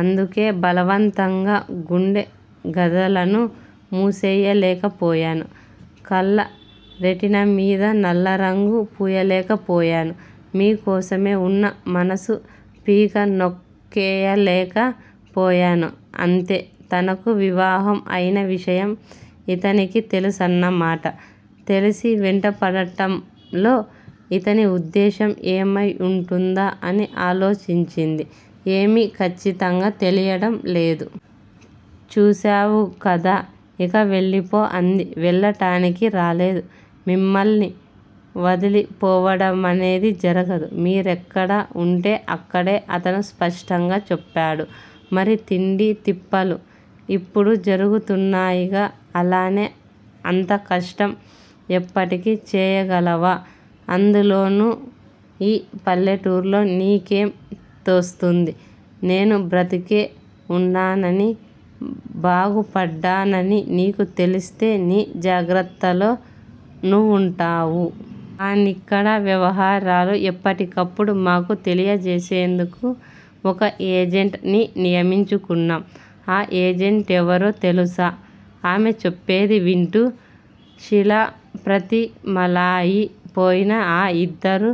అందుకే బలవంతంగా గుండె గదులను మూసెయ్యలేకపోయాను. కళ్ళ రెటీనామీద నల్లరంగు పూయలేకపోయాను. మీకోసమే వున్న మనసు పీక నొక్కేయలేక పోయాను అంతే తనకు వివాహం అయిన విషయం ఇతనికి తెలుసన్న మాట. తెలిసీ వెంట పడడంలో ఇతని ఉద్దేశ్యం ఏమై ఉంటుందా అని ఆలోచించింది. ఏమీ ఖచ్చితంగా తెలియడం లేదు. చూశావు కదా! ఇక వెళ్ళిపో అంది. వెళ్ళడానికి రాలేదు. మిమ్మల్ని వదిలిపోవడమనేది జరగదు! మీరెక్కడ వుంటే అక్కడే అతను స్పష్టంగా చెప్తాడు. మరి తిండీ తిప్పలు? ఇప్పుడు జరుగుతున్నాయిగా అలానే అంత కష్టం ఎప్పటికీ చేయగలవా అందులోనూ ఈ పల్లెటూర్లో నీకేం తోస్తుంది? నేను బ్రతికే ఉన్నానని, బాగుపడ్డానని నీకు తెలిస్తే నీ జాగ్రత్తలో నువ్వుంటావు. కానిక్కడ వ్యవహారాలు ఎప్పటికప్పుడు మాకు తెలియజేసేందుకు ఒక ఏజెంట్ ని నియమించుకున్నాం. ఆ ఏజెంటెవరో తెలుసా? ఆమె చెప్పేది వింటూ శిలాప్రతిమలయి పోయిన ఆ ఇద్దరూ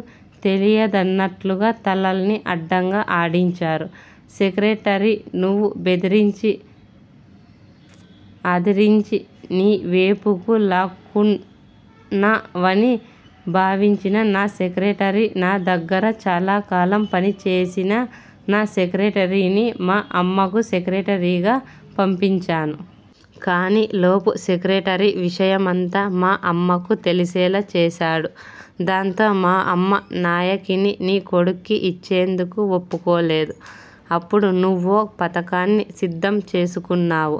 తెలీదన్నట్లుగా తలల్ని అడ్డంగా ఆడించారు. సెక్రటరీ నువ్వు బెదిరించి, అదిరించి నీవేపుకు లాక్కున్నావని భావించిన నా సెక్రెటరీ. నా దగ్గర చాలాకాలం పనిచేసిన నా సెక్రెటరీని మా అమ్మకు సెక్రటరీగా పంపించాను. కానీలోపు సెక్రటరీ విషయమంతా మా అమ్మకు తెలిసేలా చేసాడు. దాంతో మా అమ్మ నాయకిని నీ కొడుక్కి ఇచ్చేందుకు ఒప్పుకోలేదు. అప్పుడే నువ్వో పథకాన్ని సిద్ధం చేసుకున్నావు.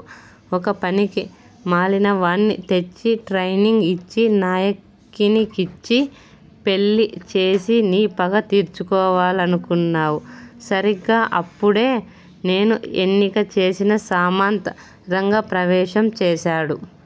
ఒక పనికి మాలినవాడ్ని తెచ్చి ట్రైనింగ్ ఇచ్చి నాయకినిచ్చి పెళ్ళి చేసి నీ పగ తీర్చుకోవాలనుకున్నావు. సరీగ్గా అప్పుడే నేను ఎన్నిక చేసిన సామంత్ రంగప్రవేశం చేశాడు.